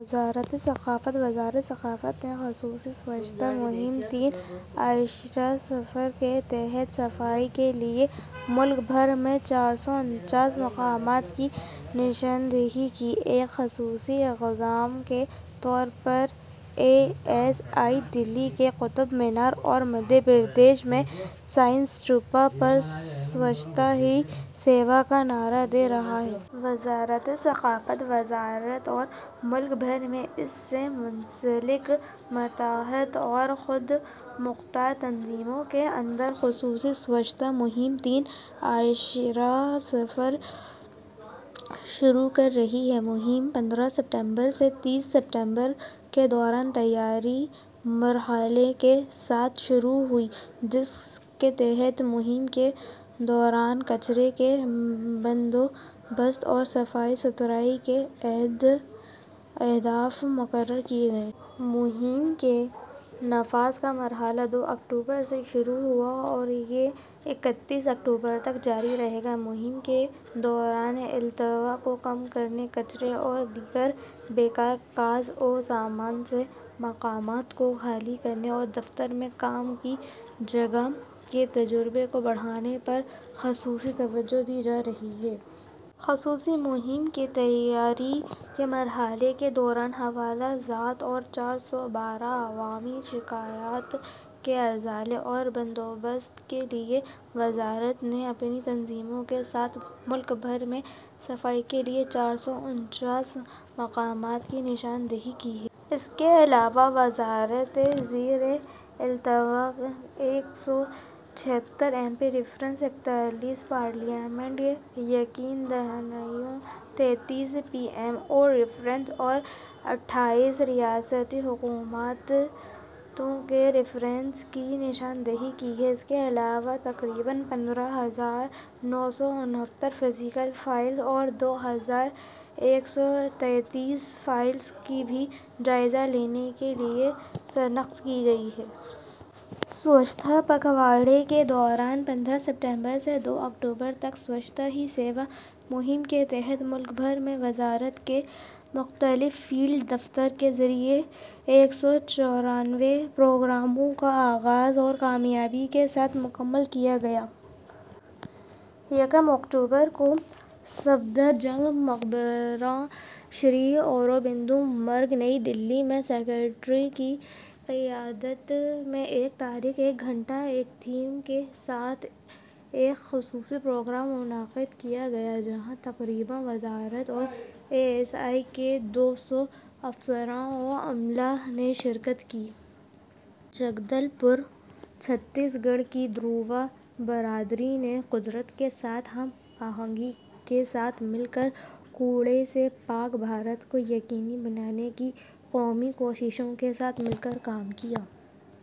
وزارت ثقافت۔ وزارت ثقافت نے خصوصی سوچھتا مہم تین اعشاریہ صفر کے تحت صفائی کے لیے ملک بھر میں چار سو انچاس مقامات کی نشاندہی کی۔ ایک خصوصی اقدام کے طور پر اے ایس آئی دہلی کے قطب مینار اور مدھیہ پردیش میں سانچی استوپا پر سوچھتا ہی سیوا کا نعرہ دے رہا ہے۔ وزارت ثقافت وزارت اور ملک بھر میں اس سے منسلک، ماتحت اور خود مختار تنظیموں کے اندر خصوصی سوچھتا مہم تین اعشاریہ صفر شروع کر رہی ہے۔ مہم پندرہ ستمبر سے تیس ستمبر کے دوران تیاری کے مرحلے کے ساتھ شروع ہوئی جس کے تحت مہم کے دوران کچرے کے بندوبست اور صفائی ستھرائی کے اہداف مقرر کیے گئے ہیں۔ مہم کے نفاذ کا مرحلہ دو اکتوبر سے شروع ہوا ہے اور یہ اکتیس اکتوبر تک جاری رہے گا۔ مہم کے دوران التوا کو کم کرنے، کچرے اور دیگر بے کار سازوسامان سے مقامات کو خالی کرنے اور دفاتر میں کام کی جگہ کے تجربے کو بڑھانے پر خصوصی توجہ دی جا رہی ہے۔ خصوصی مہم کے تیاری کے مرحلے کے دوران حوالہ جات اور چار سو بارہ عوامی شکایات کے ازالے اور بندوبست کے لیے وزارت نے اپنی تنظیموں کے ساتھ ملک بھر میں صفائی کے لیے چار سو انچاس مقامات کی نشاندہی کی ہے۔ اس کے علاوہ وزارت نے زیر التواء ایک سو چھہتر ایم پی ریفرنسز، اکتالیس پارلیمانی یقین دہانیوں، تینتیس پی ایم او ریفرنسز، اٹھائیس ریاستی حکومتوں کی نشاندہی کی ہے۔ اس کے علاوہ تقریباً پندرہ ہزار نو سو انہتر فزیکل فائلوں اور دو ہزار ایک سو تینتیس ای فائلوں کی بھی جائزہ لینے کے لیے شناخت کی گئی ہے۔ سوچھتا پکھواڑے کے دوران پندرہ ستمبر سے دو اکتوبر تک، سوچھتا ہی سیوا مہم کے تحت ملک بھر میں وزارت کے مختلف فیلڈ دفاتر کے ذریعے ایک سو چورانوے پروگراموں کا آغاز اور کامیابی کے ساتھ مکمل کیے گئے۔ یکم اکتوبر کو صفدر جنگ مقبرہ، سری اروبندو مارگ، نئی دہلی میں سکریٹری کی قیادت میں ایک تاریخ ایک گھنٹہ کے تھیم کے ساتھ ایک خصوصی پروگرام منعقد کیا گیا جہاں تقریباً وزارت اور اے ایس آئی کے دو سو افسران و عملہ نے شرکت کی۔ جگدل پور، چھتیس گڑھ کی دھروا برادری نے قدرت کے ساتھ ہم آہنگی کے ساتھ مل کر کوڑے سے پاک بھارت کو یقینی بنانے کی قوم کی کوششوں کے ساتھ مل کر کام کیا۔